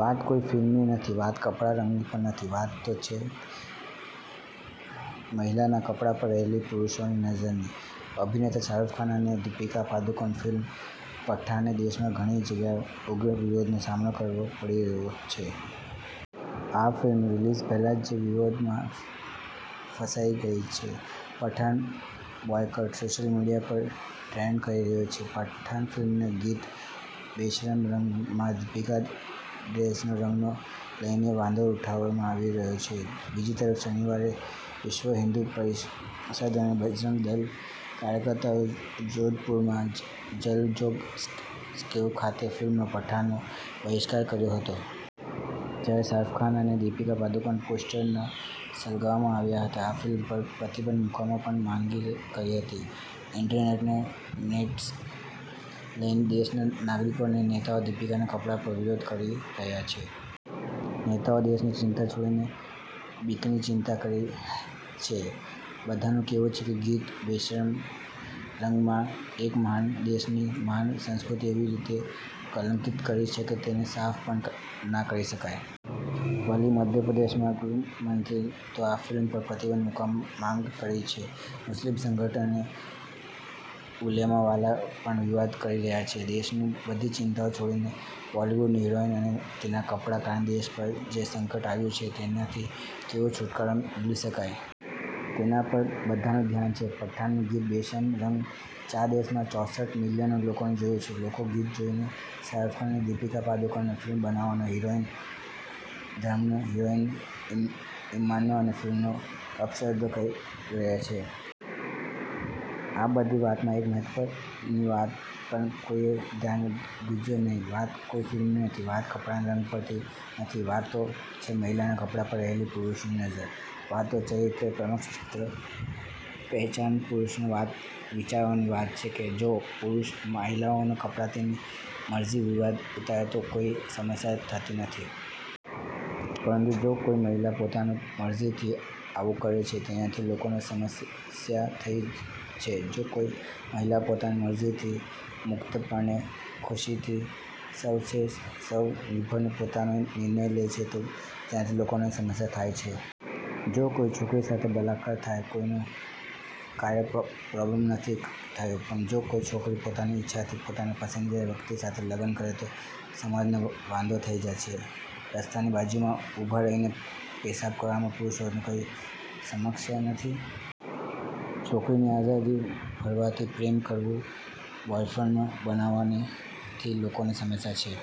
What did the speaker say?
વાત કોઈ ફિલ્મની નથી વાત કપડાના રંગની પણ નથી, વાત તો છે મહિલાના કપડા પર રહેલી પુરુષોની નજરની. અભિનેતા શાહરૂખ ખાન અને દીપિકા પાદુકોણની ફિલ્મ પઠાણને દેશમાં ઘણી જગ્યાએ ઉગ્ર વિરોધનો સામનો કરવો પડી રહ્યો છે. આ ફિલ્મ રિલીઝ પહેલા જ વિવાદોમાં ફસાઈ ગઈ છે. 'પઠાણ બોયકોટ' સોશિયલ મીડિયા પર ટ્રેન્ડ કરી રહ્યો છે. પઠાણ ફિલ્મના ગીત 'બેશરમ રંગ'માં દીપિકાના ડ્રેસના રંગને લઈને વાંધો ઉઠાવવામાં આવી રહ્યો છે. બીજી તરફ શનિવારે વિશ્વ હિન્દુ પરિષદ અને બજરંગ દળના કાર્યકર્તાઓએ જોધપુરના જલજોગ સ્ક્વેર ખાતે ફિલ્મ પઠાણનો બહિષ્કાર કર્યો હતો. જ્યારે શાહરૂખ ખાન અને દીપિકા પાદુકોણના પોસ્ટરો સળગાવવામાં આવ્યા હતા. આ ફિલ્મ પર પ્રતિબંધ મૂકવાની પણ માંગ કરી હતી. ઈન્ટરનેટના નેટીઝન્સથી લઈને દેશના નાગરિકો અને નેતાઓ દીપિકાના કપડા પર વિરોધ કરી રહ્યા છે. નેતાઓએ દેશની ચિંતા છોડીને બિકિનીની ચિંતા શરૂ કરી છે. બધાનું કહેવું છે કે, ગીત 'બેશરમ રંગ'માં એક મહાન દેશની મહાન સંસ્કૃતિ એવી રીતે કલંકીત કરી છે કે તેને સાફ પણ ન કરી શકાય. વળી મધ્યપ્રદેશના ગૃહમંત્રીએ તો ફિલ્મ પર પ્રતિબંધ મૂકવાની માગ કરી છે. મુસ્લિમ સંગઠનો અને ઉલેમા વાળા પણ વિવાદ કરી રહ્યા છે. દેશની બધી ચિંતાઓ છોડીને બોલિવૂડની હિરોઈન અને તેના કપડાને કારણે દેશ પર જે સંકટ આવ્યું છે તેનાથી કેવી છુટકારો મેળવી શકાય? તેના પર બધાનું ધ્યાન છે. પઠાણનું ગીત 'બેશરમ રંગ' ચાર દિવસમાં ચોસઠ મિલિયન લોકોએ જોયું છે. લોકો ગીત જોઇને શાહરૂખ ખાનને, દીપિકા પદુકોણને, ફિલ્મ બનાવનારને, હિરોના ધર્મને, હિરોઈનના ઈમાનને અને ફિલ્મને અપશબ્દો કહી રહ્યા છે. આ બધી વાતમાં એક મહત્વની વાત પર કોઈનું ધ્યાન ગ્યુજ નહી. વાત કોઈ ફિલ્મની નથી. વાત કપડાના રંગની પણ નથી વાત તો છે મહિલાના કપડાં પર રહેલી પુરુષોની નજરની. વાત છે ચારિત્ર્ય પ્રમાણપત્રો વહેંચનારા પુરુષોના વિચારોની વાત એ છે કે જો કોઈ પુરુષ મહિલાઓના કપડા તેની મરજી વિરુધ ઉતારે તો કોઈને સમસ્યા થતી નથી. પરંતુ જો કોઈ મહિલા પોતાની મરજીથી આવું કરે છે તેનાથી લોકોને સમસ્યા થઇ છે. જો કોઈ મહિલા પોતાની મરજીથી, મુક્તપણે, ખુશીથી, સ્વેચ્છાએ, સ્વ-નિર્ભર, પોતાનો નિર્ણય લે છે તો તેનાથી લોકોને સમસ્યા થાય છે. જો કોઈ છોકરી સાથે બળાત્કાર થાય ,કોઈને કાય પ્રોબ્લેમ નથી થયો પણ જો કોઈ છોકરી પોતાની ઈચ્છાથી પોતાના પસંદીદાર વ્યક્તિ સાથે લગ્ન કરે તો સમાજને વાંધો થાય છે. રસ્તાની બાજુમાં ઉભા રહીને પેશાબ કરવામાં પુરૂષાર્થમાં કોઈ સમસ્યા નથી. છોકરીની આઝાદીથી ફરવાની, પ્રેમ કરવાની, બોયફ્રેન્ડ બનાવવાથી લોકોને સમસ્યા છે.